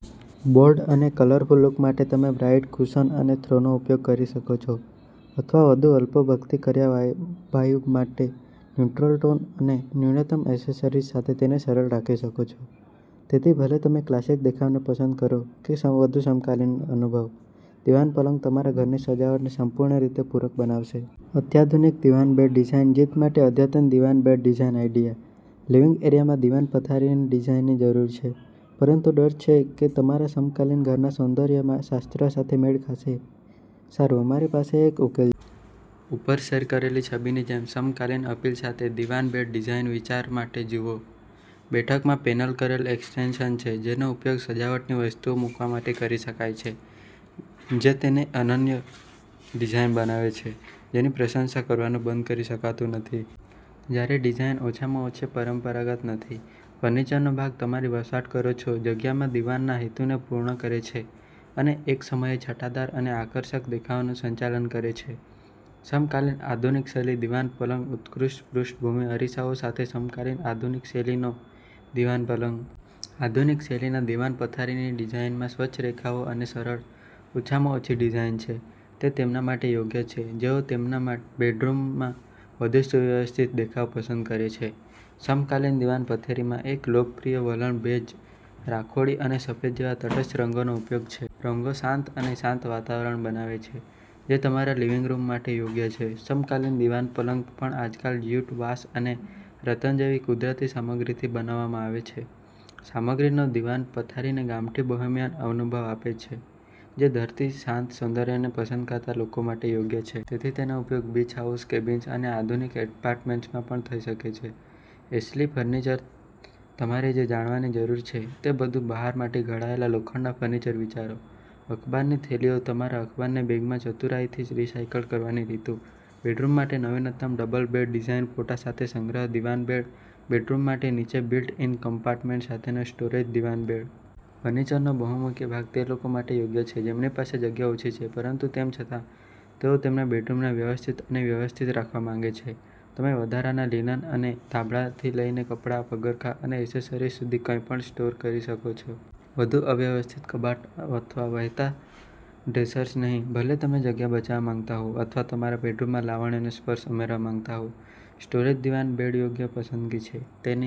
Bold અને colourful look માટે તમે બ્રાઈટ કુશન અને થ્રોનો ઉપયોગ કરી શકો છો અથવા વધુ અલ્પોભક્તિકર્યા વાઈ વાઈબ માટે ન્યૂટ્રલ ટોન અને ન્યૂનતમ એસેસરીઝ સાથે તેને સરળ રાખી શકો છો. તેથી, ભલે તમે ક્લાસિક દેખાવને પસંદ કરો કે સ વધુ સમકાલીન અનુભવ, દીવાન પલંગ તમારા ઘરની સજાવટને સંપૂર્ણ રીતે પૂરક બનાવશે. અત્યાધુનિક દિવાન બેડ ડિઝાઇન જીત માટે અદ્યતન દિવાન બેડ ડિઝાઇન આઇડિયા! લિવિંગ એરિયામાં દીવાન પથારીની ડિઝાઈનની જરૂર છે, પરંતુ ડર છે કે તમારા સમકાલીન ઘરના સૌંદર્યનાં શાસ્ત્ર સાથે મેળખાશે? સારું, અમારી પાસે એક ઉકેલ ઉપર શેર કરેલી છબીની જેમ સમકાલીન અપીલ સાથે દીવાન બેડ ડિઝાઇન વિચાર માટે જુઓ. બેઠકમાં પેનલ કરેલ એક્સ્ટેંશન છે જેનો ઉપયોગ સજાવટની વસ્તુઓ મૂકવા માટે કરી શકાય છે જે તેને અનન્ય ડિઝાઇન બનાવે છે જેની પ્રશંસા કરવાનું બંધ કરી શકાતું નથી. જ્યારે ડિઝાઇન ઓછામાં ઓછી પરંપરાગત નથી, ફર્નિચરનોભાગ તમારી વસવાટ કરો છો જગ્યામાં દીવાનના હેતુને પૂર્ણ કરે છે અને એકસમયે છટાદાર અને આકર્ષક દેખાવાનું સંચાલન કરે છે! સમકાલીન આધુનિક શૈલી દીવાન પલંગ ઉત્કૃષ્ટ પૃષ્ઠભૂમિ અરીસાઓ સાથે સમકાલીન આધુનિક-શૈલીનો દીવાન પલંગ. આધુનિક-શૈલીના દીવાન પથારીની ડિઝાઇનમાં સ્વચ્છ રેખાઓ અને સરળ, ઓછામાં ઓછી ડિઝાઇન છે. તે તેમના માટે યોગ્ય છે જેઓ તેમના માં બેડરૂમમાં વધુ સુવ્યવસ્થિત દેખાવ પસંદ કરે છે. સમકાલીન દીવાન પથારીમાં એક લોકપ્રિય વલણ બેજ, રાખોડી અને સફેદ જેવા તટસ્થ રંગોનો ઉપયોગ છે. રંગો શાંત અને શાંત વાતાવરણ બનાવે છે, જે તમારા લિવિંગ રૂમ માટે યોગ્ય છે. સમકાલીન દીવાન પલંગ પણ આજકાલ જ્યુટ, વાંસ અને રતન જેવી કુદરતી સામગ્રીથી બનાવવામાં આવે છે. સામગ્રનો દીવાન પથારીને ગામઠી, બોહેમિયન અનુભવ આપે છે, જે ધરતી, શાંત સૌંદર્યને પસંદ કરતા લોકો માટે યોગ્ય છે. તેથી, તેનો ઉપયોગ બીચ હાઉસ, કેબિન્સ અને આધુનિક એપાર્ટમેન્ટ્સમાં પણ થઈ શકે છે. એશલી ફર્નિચરતમારે જે જાણવાની જરૂર છે તે બધું, બહાર માટે ઘડાયેલા લોખંડના ફર્નિચર વિચારો, અખબારની થેલીઓતમારા અખબારને બેગમાં ચતુરાઈથી રિસાયકલ કરવાની રીતો, બેડરૂમ માટે નવીનતમ ડબલ બેડ ડિઝાઇનફોટા સાથે, સંગ્રહ દીવાન બેડ બેડરૂમ માટે નીચે બિલ્ટ-ઇન કમ્પાર્ટમેન્ટ સાથેનો સ્ટોરેજ દીવાન બેડ. ફર્નિચરનોબહુમુખી ભાગ તે લોકો માટે યોગ્ય છે જેમની પાસે જગ્યા ઓછી છે પરંતુ તેમ છતાં તેઓ તેમના બેડરૂમને વ્યવસ્થિત અને વ્યવસ્થિત રાખવા માંગે છે. તમે વધારાના લિનન અને ધાબળાથી લઈને કપડાં, પગરખાં અને એસેસરીઝ સુધી કંઈપણ સ્ટોર કરી શકો છો. વધુ અવ્યવસ્થિત કબાટ અથવા વહેતા ડ્રેસર્સ નહીં! ભલે તમે જગ્યા બચાવવા માંગતા હોવ અથવા તમારા બેડરૂમમાં લાવણ્યનો સ્પર્શ ઉમેરવા માંગતા હો, સ્ટોરેજ દીવાન બેડયોગ્ય પસંદગી છે. તેની